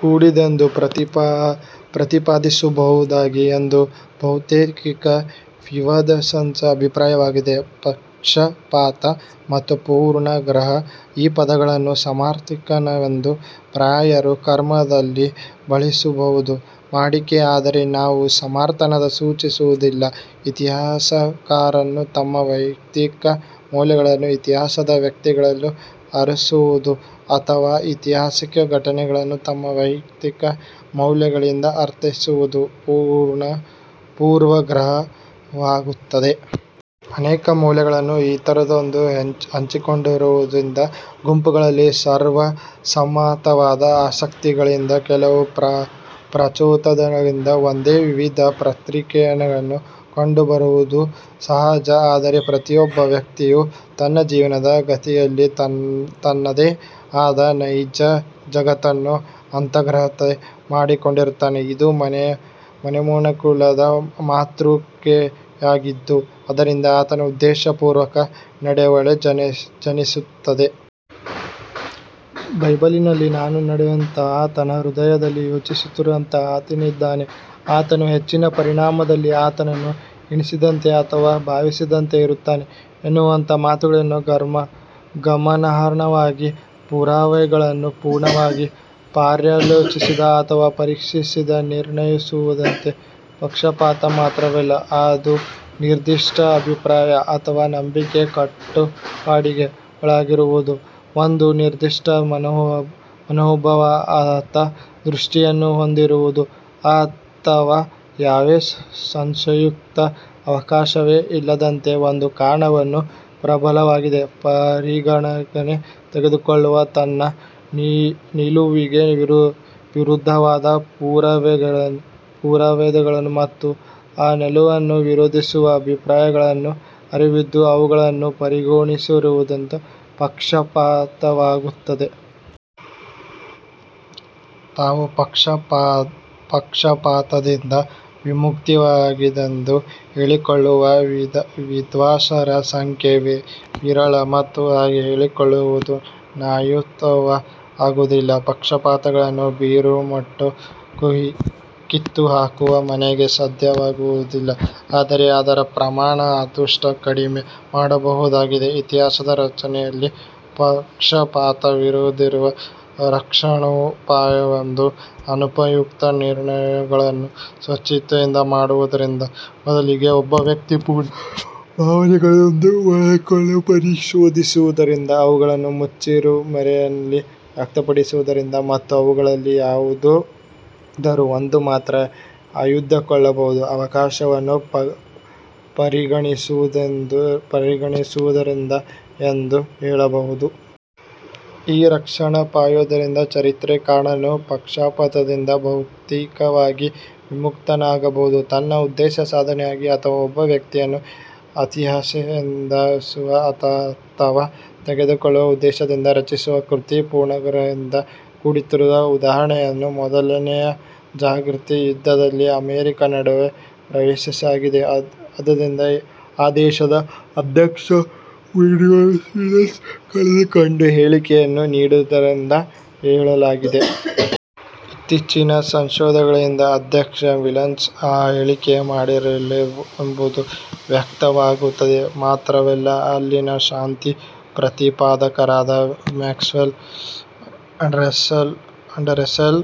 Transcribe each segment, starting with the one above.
ಕೂಡಿದ್ದೆಂದು ಪ್ರತಿಪಾದಿಸಬಹುದಾಗಿದೆ ಎಂಬುದು ಬಹುತೇಕ ವಿದ್ವಾಂಸರ ಅಭಿಪ್ರಾಯವಾಗಿದೆ. "ಪಕ್ಷಪಾತ" ಮತ್ತು "ಪೂರ್ವಗ್ರಹ" ಈ ಪದಗಳನ್ನು ಸಮಾನಾರ್ಥಕವೆಂದು ಪರ್ಯಾಯ ಕ್ರಮದಲ್ಲಿ ಬಳಸುವುದು ವಾಡಿಕೆ. ಆದರೆ ಅವು ಸಮಾನಾರ್ಥವನ್ನು ಸೂಚಿಸುವುದಿಲ್ಲ. ಇತಿಹಾಸಕಾರರು ತಮ್ಮ ವೈಯಕ್ತಿಕ ಮೌಲ್ಯಗಳನ್ನು ಇತಿಹಾಸದ ವ್ಯಕ್ತಿಗಳಲ್ಲಿ ಅರಸುವುದು ಅಥವಾ ಐತಿಹಾಸಿಕ ಘಟನೆಗಳನ್ನು ತಮ್ಮ ವೈಯಕ್ತಿಕ ಮೌಲ್ಯಗಳಿಂದ ಅರ್ಥೈಸುವುದು ಪೂರ್ವಗ್ರಹವಾಗುತ್ತದೆ. ಅನೇಕ ಮೌಲ್ಯಗಳನ್ನು ಇತರರೊಂದಿಗೆ ಹಂಚಿಕೊಂಡಿರುವುದರಿಂದ, ಗುಂಪುಗಳಲ್ಲಿ ಸರ್ವಸಮ್ಮತವಾದ ಆಸಕ್ತಿಗಳಿದ್ದು ಕೆಲವು ಪ್ರಚೋದನೆಗಳಿಗೆ ಒಂದೇ ವಿಧದ ಪ್ರತಿಕ್ರಿಯೆಗಳು ಕಂಡುಬರುವುದು ಸಹಜ. ಆದರೆ ಪ್ರತಿಯೊಬ್ಬ ವ್ಯಕ್ತಿಯೂ ತನ್ನ ಜೀವನದ ಗತಿಯಲ್ಲಿ ತನ್ನದೇ ಆದ ನೈಜ ಜಗತ್ತನ್ನು ಅಂತರ್ಗತ ಮಾಡಿಕೊಂಡಿರುತ್ತಾನೆ. ಇದು ಮನೋನುಕೂಲದ ಮಾತೃಕೆಯಾಗಿದ್ದು ಇದರಿಂದ ಆತನ ಉದ್ದೇಶಪೂರ್ವಕ ನಡೆವಳಿ ಜನಿಸುತ್ತದೆ. ಬೈಬಲ್ಲಿನ ನಾಣ್ಣುಡಿಯಂತೆ, "ಆತನ ಹೃದಯಲ್ಲಿ ಯೋಚಿಸುತ್ತಿರುವಂತೆ ಆತನಿದ್ದಾನೆ". "ಆತನು ಹೆಚ್ಚಿನ ಪರಿಣಾಮದಲ್ಲಿ ಆತನು ಎಣಿಸಿದಂತೆ ಅಥವಾ ಭಾವಿಸಿದಂತೆ ಇರುತ್ತಾನೆ" ಎನ್ನುವಂತಹ ಮಾತುಗಳು ಗಮನಾರ್ಹವಾಗಿವೆ. ಪುರಾವೆಗಳನ್ನು ಪೂರ್ಣವಾಗಿ ಪರ್ಯಾಲೋಚಿಸದೆ ಅಥವಾ ಪರೀಕ್ಷಿಸದೆ ನಿರ್ಣಯಿಸುವುದೇ ಪಕ್ಷಪಾತ. ಮಾತ್ರವಲ್ಲ, ಇಂದು ನಿರ್ದಿಷ್ಟ ಅಭಿಪ್ರಾಯ ಅಥವಾ ನಂಬಿಕೆಯ ಕಟ್ಟುಪಾಡಿಗೆ ಒಳಗಾಗಿರುವುದು, ಒಂದು ನಿರ್ದಿಷ್ಟ ಮನೋಭಾವ ಅಥವಾ ದೃಷ್ಟಿಯನ್ನು ಹೊಂದಿರುವುದು ಅಥವಾ ಯಾವ ಸಂಶಯಕ್ಕೂ ಅವಕಾಶವೇ ಇಲ್ಲದಂತೆ ಒಂದು ಕಾರಣವನ್ನು ಪ್ರಬಲವಾಗಿ ಪರಿಗಣನೆಗೆ ತೆಗೆದುಕೊಳ್ಳುವುದು, ತನ್ನ ನಿಲುವಿಗೆ ವಿರುದ್ಧವಾದ ಪುರಾವೆಗಳು ಮತ್ತು ಆ ನಿಲುವನ್ನು ವಿರೋಧಿಸುವ ಅಭಿಪ್ರಾಯಗಳ ಅರಿವಿದ್ದೂ ಅವುಗಳನ್ನು ಪರಿಗಣಿಸದಿರುವುದು ಪಕ್ಷಪಾತವಾಗುತ್ತದೆ. ತಾವು ಪಕ್ಷಪಾತದಿಂದ ವಿಮುಕ್ತವಾಗಿದ್ದೇವೆಂದು ಹೇಳಿಕೊಳ್ಳುವ ವಿದ್ವಾಂಸರ ಸಂಖ್ಯೆ ವಿರಳ ಮತ್ತು ಹಾಗೆ ಹೇಳಿಕೊಳ್ಳುವುದು ನ್ಯಾಯಯುತವೂ ಆಗುವುದಿಲ್ಲ. ಪಕ್ಷಪಾತಗಳನ್ನು ಬೇರುಮಟ್ಟ ಕಿತ್ತುಹಾಕುವುದು ನಮಗೆ ಸಾಧ್ಯವಾಗುವುದಿಲ್ಲ. ಆದರೆ ಅದರ ಪ್ರಮಾಣವನ್ನು ಆದಷ್ಟು ಕಡಿಮೆ ಮಾಡಬಹುದಾಗಿದೆ. ಇತಿಹಾಸ ರಚನೆಯಲ್ಲಿ ಪಕ್ಷಪಾತ ವಿರುದ್ಧವಿರುವ ರಕ್ಷಣೋಪಾಯವೆಂದರೆ ಅನುಪಯುಕ್ತ ನಿರ್ಣಯಗಳನ್ನು ಸ್ವೇಚ್ಛೆಯಿಂದ ಮಾಡುವುದರಿಂದಲ್ಲ. ಬದಲಿಗೆ ಒಬ್ಬ ವ್ಯಕ್ತಿಯ ಪೂರ್ವಭಾವನೆಗಳನ್ನು ಒಳಹೊಕ್ಕು ಪರಿಶೋಧಿಸುವುದರಿಂದ, ಅವುಗಳನ್ನು ಮುಚ್ಚುಮರೆಯಿಲ್ಲದೆ ವ್ಯಕ್ತಪಡಿಸುವುದರಿಂದ ಮತ್ತು ಅವುಗಳಲ್ಲಿ ಯಾವುದಾದರೂ ಒಂದು ಮಾತ್ರ ಆಯ್ದುಕೊಳ್ಳಬಹುದಾದ ಅವಕಾಶವನ್ನು ಪರಿಗಣಿಸುವುದರಿಂದ ಎಂದು ಹೇಳಬಹುದು. ಈ ರಕ್ಷಣೋಪಾಯದಿಂದ ಚರಿತ್ರೆಕಾರನು ಪಕ್ಷಪಾತದಿಂದ ಬಹುತೇಕವಾಗಿ ವಿಮುಕ್ತನಾಗಬಹುದು. ತನ್ನ ಉದ್ದೇಶ ಸಾಧನೆಗಾಗಿ ಅಥವಾ ಒಬ್ಬ ವ್ಯಕ್ತಿಯನ್ನು ಅತಿಶಯಿಸುವ ಅಥವಾ ತೆಗಳುವ ಉದ್ದೇಶದಿಂದ ರಚಿಸುವ ಕೃತಿ ಪೂರ್ವಗ್ರಹದಿಂದ ಕೂಡಿರುತ್ತದೆ. ಉದಾಹರಣೆಗೆ, ಮೊದಲನೆಯ ಜಾಗತಿಕ ಯುದ್ಧದಲ್ಲಿ ಅಮೆರಿಕಾ ನಡುವೆ ಪ್ರವೇಶಿಸಿದಾಗ ಅಂದಿನ ಆ ದೇಶದ ಅಧ್ಯಕ್ಷ ವುಡ್ರೋ ವಿಲ್ಸನ್ ಕೆಳಕಂಡ ಹೇಳಿಕೆಯನ್ನು ನೀಡಿದ್ದಾನೆಂದು ಹೇಳಲಾಗಿದೆ. ಇತ್ತೀಚಿನ ಸಂಶೋಧನೆಗಳಿಂದ ಅಧ್ಯಕ್ಷ ವಿಲ್ಸನ್ ಆ ಹೇಳಿಕೆಯನ್ನು ಮಾಡಿರಲಿಲ್ಲವೆಂಬುದು ವ್ಯಕ್ತವಾಗುತ್ತದೆ. ಮಾತ್ರವಲ್ಲ, ಅಲ್ಲಿನ ಶಾಂತಿ ಪ್ರತಿಪಾದಕರಾದ ಮ್ಯಾಕ್ಸ್ವೆಲ್ ಆಂಡರ್ಸನ್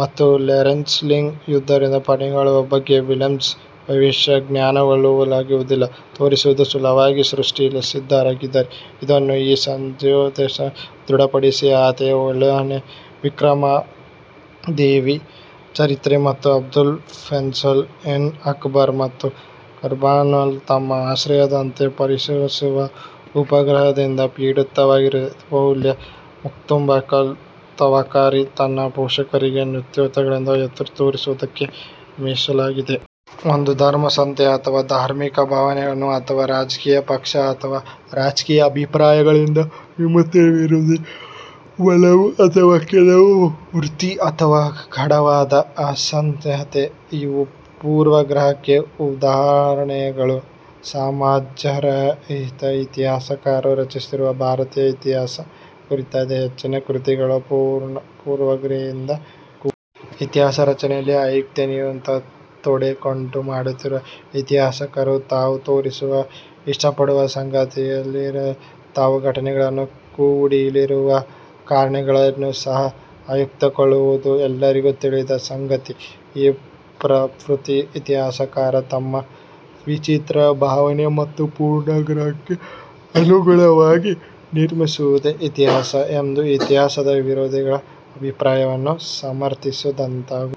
ಮತ್ತು ಲಾರೆನ್ಸ್ಸ್ಟಾಲಿಂಗ್ಸ್ ಯುದ್ಧದ ಪರಿಣಾಮಗಳ ಬಗ್ಗೆ ವಿಲ್ಸನ್ ಭವಿಷ್ಯ ಜ್ಞಾನವುಳ್ಳವನಾಗಿದ್ದನೆಂದು ತೋರಿಸುವ ಸಲುವಾಗಿ ಸೃಷ್ಟಿಸಿದ್ದಾಗಿದೆ ಎಂಬುದನ್ನು ಈ ಸಂಶೋಧನೆಗಳು ದೃಢಪಡಿಸಿವೆ. ಅಂತೆಯೇ, ಬಿಲ್ಹಣನ ವಿಕ್ರಮಾಂಕದೇವ ಚರಿತ ಮತ್ತು ಅಬುಲ್ ಫಸಲ್ನ ಐನ್ಇ-ಅಕ್ಬರಿ ಮತ್ತು ಅಕ್ಬರ್ನಾಮ ತಮ್ಮ ಆಶ್ರಯದಾತನನ್ನು ಪ್ರಶಂಶಿಸುವ ಪೂರ್ವಗ್ರಹದಿಂದ ಪೀಡಿತವಾಗಿದ್ದರೆ ಬದೌನಿಯ ಮುಂತಕಾಬ್-ವುಲ್-ತವಾರಿಕ್ ತನ್ನ ಪೋಷಕನ ನ್ಯೂನತೆಗಳನ್ನು ಎತ್ತಿ ತೋರಿಸುವುದಕ್ಕೆ ಮೀಸಲಾಗಿದೆ. ಒಂದು ಧರ್ಮ ಸಂಸ್ಥೆ ಅಥವಾ ಧಾರ್ಮಿಕ ಭಾವನೆಗಳು, ಅಥವಾ ರಾಜಕೀಯ ಪಕ್ಷ ಅಥವಾ ರಾಜಕೀಯ ಅಭಿಪ್ರಾಯಗಳಿಗೆ ಮಿತಿಮೀರಿದ ಒಲವು, ಅಥವಾ ಕೆಲವು ವೃತ್ತಿ ಅಥವಾ ಗಾಢವಾದ ಅಸಹ್ಯತೆ ಇವೂ ಪೂರ್ವಗ್ರಹಕ್ಕೆ ಉದಾಹರಣೆಗಳು. ಸಾಮ್ರಾಜ್ಯಶಾಹಿ ಇತಿಹಾಸಕಾರರು ರಚಿಸಿರುವ ಭಾರತೀಯ ಇತಿಹಾಸ ಕುರಿತಾದ ಹೆಚ್ಚಿನ ಕೃತಿಗಳು ಪೂರ್ವಗ್ರಹದಿಂದ ಕೂಡಿವೆ. ಇತಿಹಾಸ ರಚನೆಯಲ್ಲಿ ಆಯ್ಕೆಯ ನಿಯಮವು ತೊಡಕುಂಟು ಮಾಡುತ್ತದೆ. ಇತಿಹಾಸಕಾರರು ತಾವು ಸೇರಿಸಲು ಇಷ್ಟಪಡುವ ಸಂಗತಿಗಳನ್ನಲ್ಲದೆ ತಾವು ಘಟನೆಗಳಿಗೆ ಕೊಡಲಿರುವ ಕಾರಣಗಳನ್ನೂ ಸಹ ಆಯ್ದುಕೊಳ್ಳುವುದು ಎಲ್ಲರಿಗೂ ತಿಳಿದ ಸಂಗತಿ. ಈ ಪ್ರವೃತ್ತಿ, ಇತಿಹಾಸಕಾರರು ತಮ್ಮ ವಿಚಿತ್ರ ಭಾವನೆ ಮತ್ತು ಪೂರ್ವಗ್ರಹಕ್ಕೆ ಅನುಗುಣವಾಗಿ ನಿರ್ಮಿಸಿವುದೇ ಇತಿಹಾಸ ಎಂಬ ಇತಿಹಾಸ ವಿರೋಧಿಗಳ ಅಭಿಪ್ರಾಯವನ್ನು ಸಮರ್ಥಿಸಿದಂತಾಗುತ್ತದೆ.